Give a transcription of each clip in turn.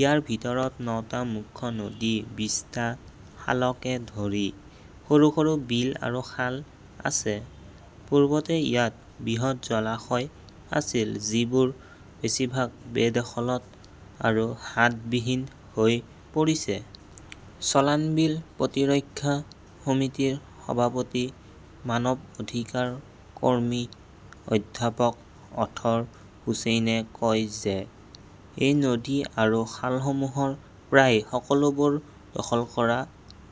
ইয়াৰ ভিতৰত নটা মুখ্য নদী বিশটা খালকে ধৰি সৰু সৰু বিল আৰু খাল আছে। পূৰ্বতে ইয়াত বৃহৎ জলাশয় আছিল যিবোৰ বেছিভাগ বেদখলত আৰু হাতবিহীন হৈ পৰিছে। চলানবিল প্ৰতিৰক্ষা সমিতিৰ সভাপতি মানৱ অধিকাৰ কৰ্মী অধ্যাপক অথৰ হুচেইনে কয় যে এই নদী আৰু খালসমূহৰ প্ৰায় সকলোবোৰ দখল কৰা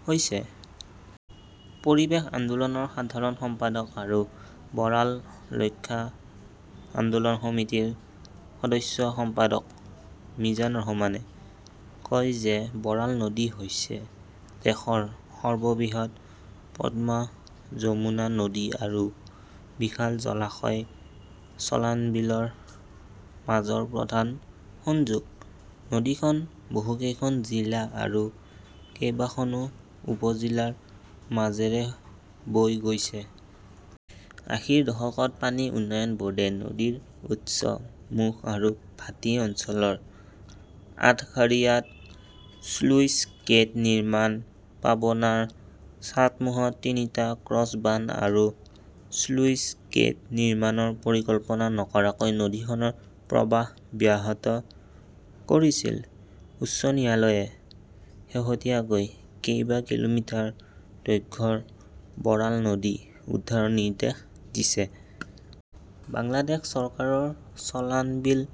হৈছে। পৰিৱেশ আন্দোলনৰ সাধাৰণ সম্পাদক আৰু বৰাল ৰক্ষা আন্দোলন সমিতিৰ সদস্য সম্পাদক মীজান ৰহমানে কয় যে বৰাল নদী হৈছে দেশৰ সৰ্ববৃহৎ পদ্মা যমুনা নদী আৰু বিশাল জলাশয় চলানবিলৰ মাজৰ প্ৰধান সংযোগ। নদীখন বহুকেইখন জিলা আৰু কেবাখনো উপজিলাৰ মাজেৰে বৈ গৈছে। আশীৰ দশকত পানী উন্নয়ন ব'ৰ্ডে নদীৰ উৎস মুখ আৰু ভাটি অঞ্চলৰ আটঘাৰিয়াত শ্লুইচ গেট নিৰ্মাণ, পাবনাৰ চাটমোহত তিনিটা ক্ৰছ বান্ধ আৰু শ্লুইচ গেট নিৰ্মাণৰ পৰিকল্পনা নকৰাকৈ নদীখনৰ প্ৰৱাহ ব্যাহত কৰিছিল। উচ্চ ন্যায়ালয়ে শেহতীয়াকৈ কেইবা কিলোমিটাৰ দৈৰ্ঘ্যৰ বৰাল নদী উদ্ধাৰৰ নিৰ্দেশ দিছে। বাংলাদেশ চৰকাৰৰ চলানবিল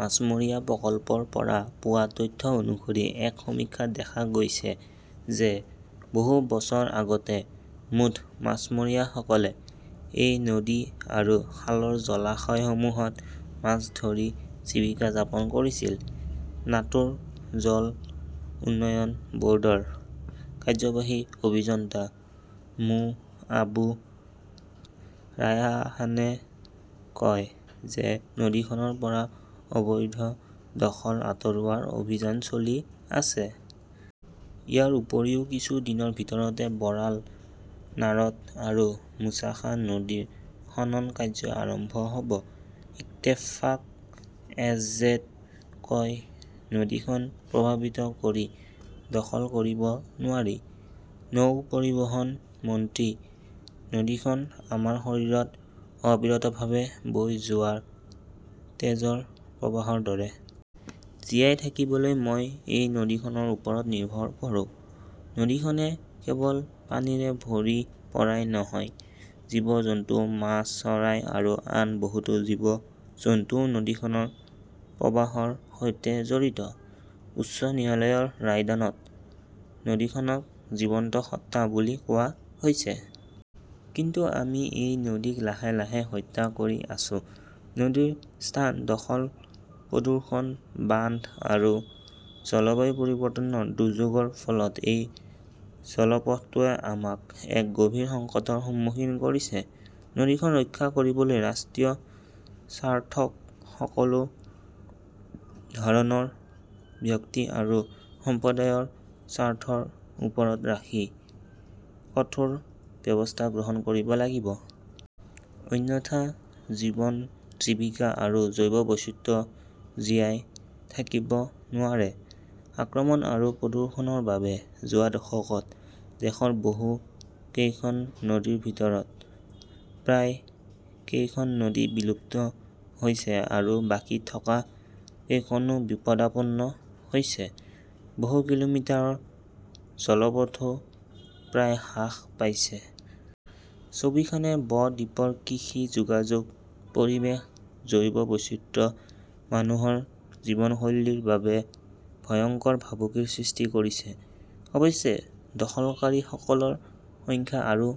মাছমৰীয়া প্ৰকল্পৰ পৰা পোৱা তথ্য অনুসৰি এক সমীক্ষাত দেখা গৈছে যে বহু বছৰ আগতে মুঠ মাছমৰীয়াসকলে এই নদী আৰু খালৰ জলাশয়সমূহত মাছ ধৰি জীৱিকা যাপন কৰিছিল। নাটোৰ জল উন্নয়ন ব'ৰ্ডৰ কাৰ্যবাহী অভিযন্তা মো আবু ৰায়াহানে কয় যে নদীখনৰ পৰা অবৈধ দখল আঁতৰোৱাৰ অভিযান চলি আছে। ইয়াৰ উপৰিও কিছু দিনৰ ভিতৰতে বৰাল নাৰদ আৰু মুছাখা নদীৰ খনন কাৰ্য আৰম্ভ হ'ব। ইত্তেফাক এছজেড কয় নদীখন প্ৰভাৱিত কৰি দখল কৰিব নোৱাৰি। নৌ পৰিবহণ মন্ত্ৰী নদীখন আমাৰ শৰীৰত অবিৰতভাৱে বৈ যোৱা তেজৰ প্ৰবাহৰ দৰে। জীয়াই থাকিবলৈ মই এই নদীখনৰ ওপৰত নিৰ্ভৰ কৰোঁ। নদীখনে কেৱল পানীৰে ভৰি পৰাই নহয় জীৱ জন্তু মাছ চৰাই আৰু আন বহুতো জীৱ জন্তুও নদীখনৰ প্ৰবাহৰ সৈতে জড়িত। উচ্চ ন্যায়ালয়ৰ ৰায়দানত নদীখনক জীৱন্ত সত্তা বুলি কোৱা হৈছে। কিন্তু আমি এই নদীক লাহে লাহে হত্যা কৰি আছো। নদীৰ স্থান দখল প্ৰদূষণ বান্ধ আৰু জলবায়ু পৰিৱৰ্তনৰ দুৰ্যোগৰ ফলত এই জলপথটোৱে আমাক এক গভীৰ সংকটৰ সন্মুখীন কৰিছে। নদীখন ৰক্ষা কৰিবলৈ ৰাষ্ট্ৰীয় স্বাৰ্থক সকলো ধৰণৰ ব্যক্তি আৰু সম্প্ৰদায়ৰ স্বাৰ্থৰ ওপৰত ৰাখি কঠোৰ ব্যৱস্থা গ্ৰহণ কৰিব লাগিব। অন্যথা জীৱন জীৱিকা আৰু জৈৱ বৈচিত্ৰ্য জীয়াই থাকিব নোৱাৰে। আক্ৰমণ আৰু প্ৰদূষণৰ বাবে যোৱা দশকত দেশৰ বহু কেইখন নদীৰ ভিতৰত প্ৰায় কেইখন নদী বিলুপ্ত হৈছে আৰু বাকী থকা কেইখনো বিপদাপন্ন হৈছে। বহু কিলোমিটাৰৰ জলপথো প্ৰায় হ্ৰাস পাইছে। ছবিখনে ব দ্বীপৰ কৃষি যোগাযোগ পৰিৱেশ জৈৱ বৈচিত্ৰ্য মানুহৰ জীৱনশৈলীৰ বাবে ভয়ংকৰ ভাবুকিৰ সৃষ্টি কৰিছে। অৱশ্যে দখলকাৰীসকলৰ সংখ্যা আৰু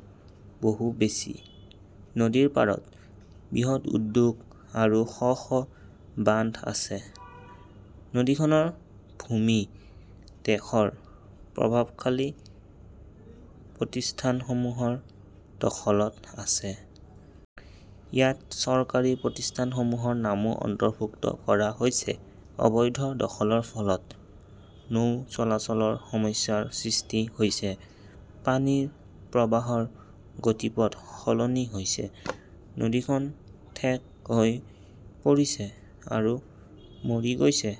বহু বেছি। নদীৰ পাৰত বৃহৎ উদ্যোগ আৰু শ শ বান্ধ আছে। নদীখনৰ ভূমি দেশৰ প্ৰভাৱশালী প্ৰতিষ্ঠানসমূহৰ দখলত আছে। ইয়াত চৰকাৰী প্ৰতিষ্ঠানসমূহৰ নামো অন্তৰ্ভুক্ত কৰা হৈছে। অবৈধ দখলৰ ফলত নৌ চলাচলৰ সমস্যাৰ সৃষ্টি হৈছে পানীৰ প্ৰৱাহৰ গতিপথ সলনি হৈছে নদীখন ঠেক হৈ পৰিছে আৰু মৰি গৈছে।